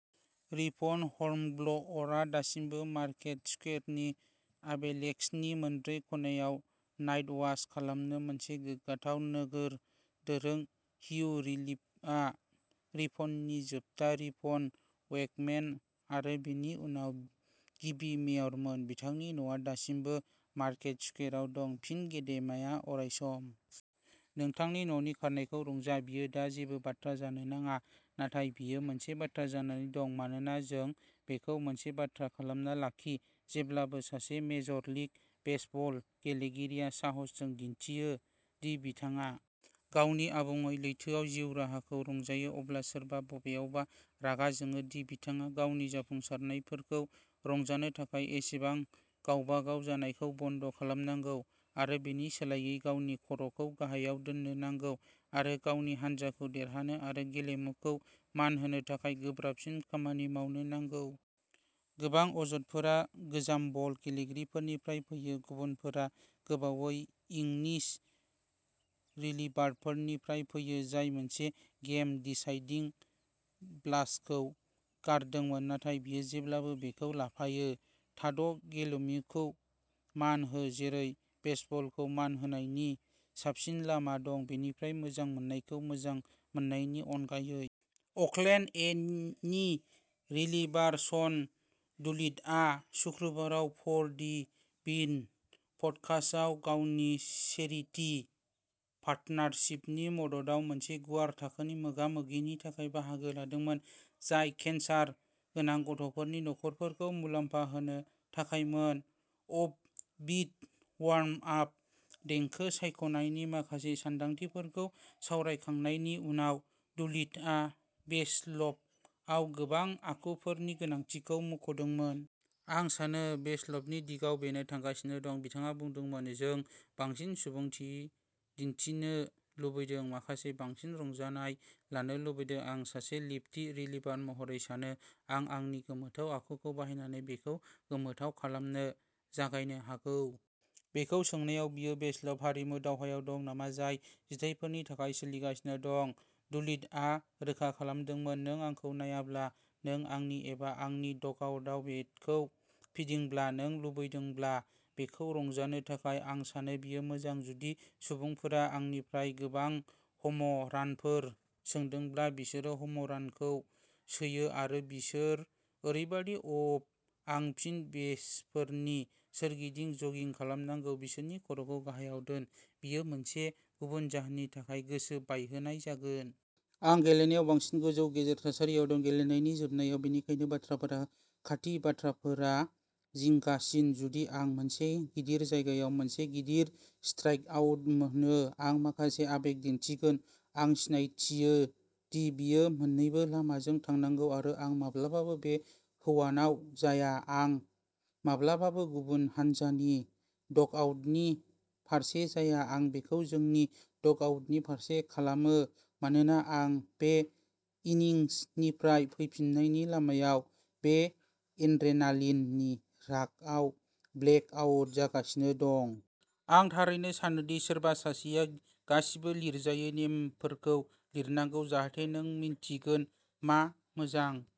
Ripon हर्नब्ल’अरआ दासिमबो market स्कुवेरनि अबेलिस्कनि मोनब्रै खनायाव नाइट वाच' खालामो मोनसे गोग्गाथाव नोगोर दोरों। हियु रिप्लिआ रिपननि जोबथा रिपन वेकमेन आरो बेनि उनाव गिबि मेयरमोन। बिथांनि न'आ दासिमबो मार्केट स्कुवेराव दं। फिन गेदेमाया अरायसम। नोंथांनि न'नि खारनायखौ रंजा। बेयो दा जेबो बाथ्रा जानो नाङा, नाथाय बेयो मोनसे बाथ्रा जानानै दं मानोना जों बेखौ मोनसे बाथ्रा खालामना लाखि जेब्लानो सासे मेजर लीग बेसबल गेलेगिरिया साहसजों दिन्थियो दि बिथाङा गावनि आबुङै लुबैथाव जिउ राहाखौ रंजायो, अब्ला सोरबा बबेयावबा रागा जोङो दि बिथाङा गावनि जाफुंसारनायफोरखौ रंजानो थाखाय एसेबां गावबागाव जानायखौ बन्द' खालामनांगौ आरो बेनि सोलायै गावनि खर'खौ गाहायाव दोननो नांगौ आरो गावनि हानजाखौ देरहानो आरो गेलेमुखौ मान होनो थाखाय गोब्राबसिन खामानि मावनो नांगौ। गोबां अजदफोरा गोजाम बल गेलेगिरिफोरनिफ्राय फैयो; गुबुनफोरा गोबावै इनिंस रिलिभारफोरनिफ्राय फैयो जाय मोनसे गेम डिसाइडिं ब्लास्टखौ गारदोंमोन। नाथाय बेयो जेब्लाबो बेखौ लाफायो। थाद' गेलेमुखौ मान हो जेरै बेसबलखौ मान होनायनि साबसिन लामा दं, बेनिफ्राय मोजां मोननायखौ मोजां मोननायनि अनगायै। अकलेन्ड ए नि रिलिभार शन डुलिटलआ सुक्रुबाराव फर दि विन पडकास्टआव गावनि चेरिटि पार्टनारशिपनि मददाव मोनसे गुवार थाखोनि मोगा-मोगिनि थाखाय बाहागो लादोंमोन, जाय केन्सार गोनां गथ'फोरनि नखरफोरखौ मुलाम्फा होनो थाखायमोन। अफ बिट वार्मआप देंखो सायख'नायनि माखासे सानदांथिफोरखौ सावरायखांनायनि उनाव, डुलिटलआ बेसबलाव गोबां आखुफोरनि गोनांथिखौ मुंख'दोंमोन। आं सानो बेसबलनि दिगाव बेनो थांगासिनो दं, बिथाङा बुंदोंमोन। जों बांसिन सुबुंथि दिन्थिनो लुबैदों, माखासे बांसिन रंजानाय लानो लुबैदों। आं सासे लेफ्टी रिलिभार महरै सानो आं आंनि गोमोथाव आखुखौ बाहायनानै बेखौ गोमोथाव खालामनो जागायनो हागौ। बेखौ सोंनायाव बियो बेसबल हारिमु दावहायाव दं नामा, जाय जिथायफोरनि थाखाय सोलिगासिनो दं, डुलिटलआ रोखा खालामदोंमोन। नों आंखौ नायाब्ला नों आंनि एबा आंनि डगआउटआव बेटखौ फिदिंाब्ला, नों लुबैदोंब्ला। बेखौ रंजानो थाखाय, आं सानो बेयो मोजां जुदि सुबुंफोरा आंनिफ्राय गोबां ह'म रानफोर सोदोंब्ला बिसोरो ह'म रानखौ सोयो आरो बिसोर ओरैबायदि उफ आं फिन बेसफोरनि सोरगिदिं जगिं खालामनांगौ बिसोरनि खर'खौ गाहायाव दोन, बेयो मोनसे गुबुन जाहोननि थाखाय गोसो बायहोनाय जागोन। आं गेलेनायाव बांसिन गोजौ गेजेर थासारियाव दं, गेलेनायनि जोबनायाव, बेनिखायनो बाथ्राफोरा खाथि बाथ्राफोरा जिंगासिन जुदि आं मोनसे गिदिर जायगायाव मोनसे गिदिर स्ट्राइकआउट मोनो आं माखासे आबेग दिन्थिगोन। आं सिनायथियो दि बेयो मोन्नैबो लामाजों थांनांगौ आरो आं माब्लाबाबो बे हौवानाव जाया, आं माब्लाबाबो गुबुन हानजानि डगआउटनि फारसे जाया, आं बेखौ जोंनि डग आउटनि फारसे खालामो मानोना आं बे इनिंसनिफ्राय फैफिननायनि लामायाव बे एड्रेनालिननि रागआव ब्लेक आउट जागासिनो दं। आं थारैनो सानो दि सोरबा सासेआ गासिबो लिरजायै नेमफोरखौ लिरनांगौ, जाहाथे जों मिन्थिगोन मा मोजां।